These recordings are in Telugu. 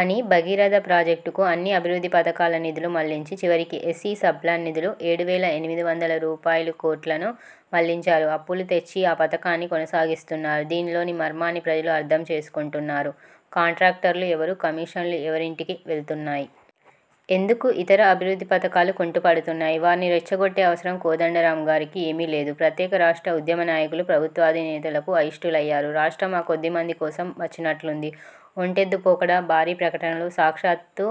అని 'భగీరథ' ప్రాజెక్టుకు అన్ని అభివృద్ధి పథకాల నిధులు మళ్ళించి, చివరికి ఎస్సీ సబ్ ప్లాన్ నిధులు ఏడు వేల ఎనిమిది వందల రూపాయలుకోట్లను మళ్లించారు. అప్పులు తెచ్చి ఆ పథకాన్ని కొనసాగిస్తున్నారు. దీనిలోని మర్మాన్ని ప్రజలు అర్థం చేసుకుంటున్నారు. కాంట్రాక్టర్లు ఎవరు? కమీషన్లు ఎవరింటికి వెళ్తున్నాయి. ఎందుకు ఇతర అభివృద్ధి పథకాలు కుంటుపడుతున్నాయి. వారిని రెచ్చగొట్టే అవసరం కోదండరామ్ గారికి ఏమీలేదు. ప్రత్యేక రాష్ట్ర ఉద్యమ నాయకులు ప్రభుత్వాధినేతలకు అయిష్టులయ్యారు. రాష్ట్రం 'ఆ కొద్దిమంది' కోసం వచ్చినట్లుంది. ఒంటెద్దుపోకడ, భారీ ప్రకటనలు, సాక్షాత్తు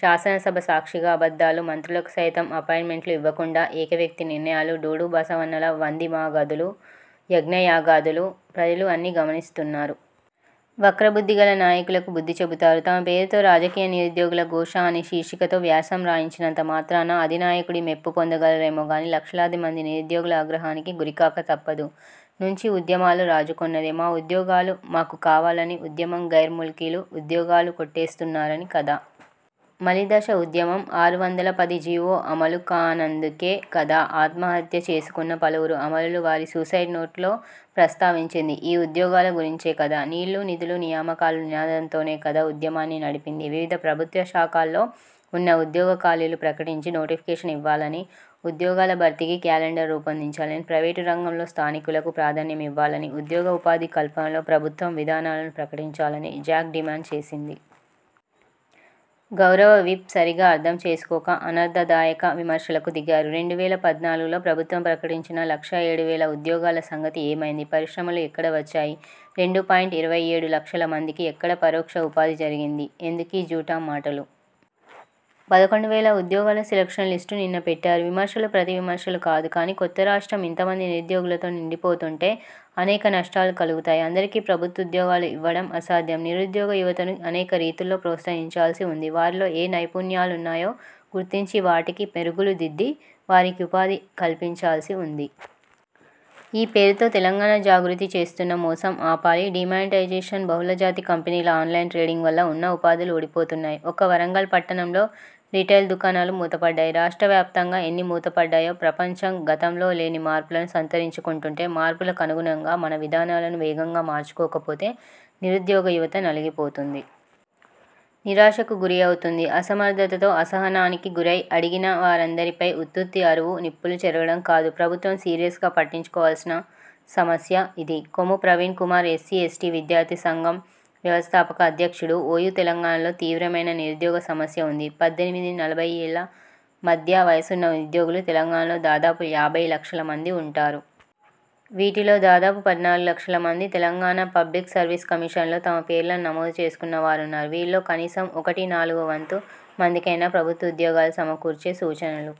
శాసనసభ సాక్షిగా అబద్ధాలు, మంత్రులకు సైతం అపాయింట్మెంట్లు ఇవ్వకుండా ఏక వ్యక్తి నిర్ణయాలు, డూడూ బసవన్నల వంది మాగదులు, యజ్ఞ యాగాదులు– ప్రజలు అన్నీ గమనిస్తున్నారు. వక్రబుద్ధి గల నాయకులకు బుద్ధి చెబుతారు. తమ పేరుతో రాజకీయ నిరుద్యోగుల ఘోష అనే శీర్షికతో వ్యాసం రాయించినంత మాత్రాన అధినాయకుడి మెప్పు పొందగలరేమో గానీ లక్షలాది మంది నిరుద్యోగుల ఆగ్రహానికి గురికాక తప్పదు. నుంచి ఉద్యమాలు రాజుకొన్నదే 'మా ఉద్యోగాలు మాకు కావాలని ఉద్యమం గైర్ ముల్కీలు ఉద్యోగాలు కొట్టేస్తున్నారని కదా! మలిదశ ఉద్యమం ఆరు వందల పది జీవో అమలుకానందుకే కదా! ఆత్మహత్య చేసుకున్న పలువురు అమరులు వారి సూసైడ్ నోట్లో ప్రస్తావించింది ఈ ఉద్యోగాల గురించే కదా! 'నీళ్ళు, నిధులు, నియామకాలు' నినాదంతోనే కదా ఉద్యమాన్ని నడిపింది. 'వివిధ ప్రభుత్వ శాఖల్లో ఉన్న ఉద్యోగ ఖాళీలు ప్రకటించి, నోటిఫికేషన్ ఇవ్వాలనీ, ఉద్యోగాల భర్తీకి క్యాలెండర్ రూపొందించాలనీ, ప్రయివేటు రంగంలో స్థానికులకు ప్రాధాన్యమివ్వాలనీ, ఉద్యోగ ఉపాధి కల్పనలో ప్రభుత్వం విధానాలను ప్రకటించాలనీ' జాక్ డిమాండ్ చేసింది. గౌరవ విప్ సరిగా అర్థం చేసుకోక అనర్థదాయక విమర్శలకు దిగారు. రెండు వేల పద్నాలుగులో ప్రభుత్వం ప్రకటించిన లక్ష ఏడు వేల ఉద్యోగాల సంగతి ఏమైంది? పరిశ్రమలు ఎక్కడ వచ్చాయి. రెండు పాయింట్ ఇరవై ఏడు లక్షల మందికి ఎక్కడ పరోక్ష ఉపాధి జరిగింది? ఎందుకీ జూఠామాటలు. పదకొండు వేల ఉద్యోగాల సెలక్షన్ లిస్ట్ నిన్న పెట్టారు. విమర్శలు ప్రతి విమర్శలు కాదు కానీ, కొత్త రాష్ట్రం ఇంతమంది నిరుద్యోగులతో నిండిపోతుంటే అనేక నష్టాలు కలుగుతాయి. అందరికీ ప్రభుత్వ ఉద్యోగాలు ఇవ్వడం అసాధ్యం. నిరుద్యోగ యువతను అనేక రీతుల్లో ప్రోత్సహించాల్సి ఉంది. వారిలో ఏ నైపుణ్యాలున్నాయో గుర్తించి వాటికి మెరుగులు దిద్ది వారికి ఉపాధి కల్పించాల్సి ఉంది. ఈ పేరుతో తెలంగాణ జాగృతి చేస్తున్న మోసం ఆపాలి. డీమానిటైజేషన్, బహుళజాతి కంపెనీల ఆన్లైన్ ట్రేడింగ్ వల్ల ఉన్న ఉపాధులు ఊడిపోతున్నాయి. ఒక్క వరంగల్ పట్టణంలో రిటైల్ దుకాణాలు మూతపడ్డాయి. రాష్ట్రవ్యాప్తంగా ఎన్ని మూతపడ్డాయో. ప్రపంచం గతంలో లేని మార్పులను సంతరించుకుంటుంటే మార్పులకు అనుగుణంగా మన విధానాలను వేగంగా మార్చుకోకపోతే నిరుద్యోగ యువత నలిగిపోతుంది. నిరాశకు గురి అవుతుంది. అసమర్థతతో అసహనానికి గురై అడిగిన వారందరిపై ఉత్తుత్తి అరువు నిప్పులు చెరగడం కాదు, ప్రభుత్వం సీరియస్గా పట్టించుకోవలసిన సమస్య ఇది. కొమ్ము ప్రవీణ్ కుమార్ఎస్సీ, ఎస్టీ విద్యార్థి సంఘం వ్యవస్థాపక అధ్యక్షుడు, ఓయూ తెలంగాణలో తీవ్రమైన నిరుద్యోగ సమస్య ఉంది. పద్దెనిమిది–నలభై ఏళ్ళ మధ్య వయసున్న నిరుద్యోగులు తెలంగాణలో దాదాపు యాభై లక్షల మంది ఉంటారు. వీరిలో దాదాపు పద్నాలుగులక్షల మంది తెలంగాణ పబ్లిక్ సర్వీసెస్ కమిషన్లో తమ పేర్లను నమోదు చేసుకున్న వారున్నారు. వీరిలో కనీసం ఒకటి/నాలుగు వంతు మందికైనా ప్రభుత్వం ఉద్యోగాలు సమకూర్చే సూచనలు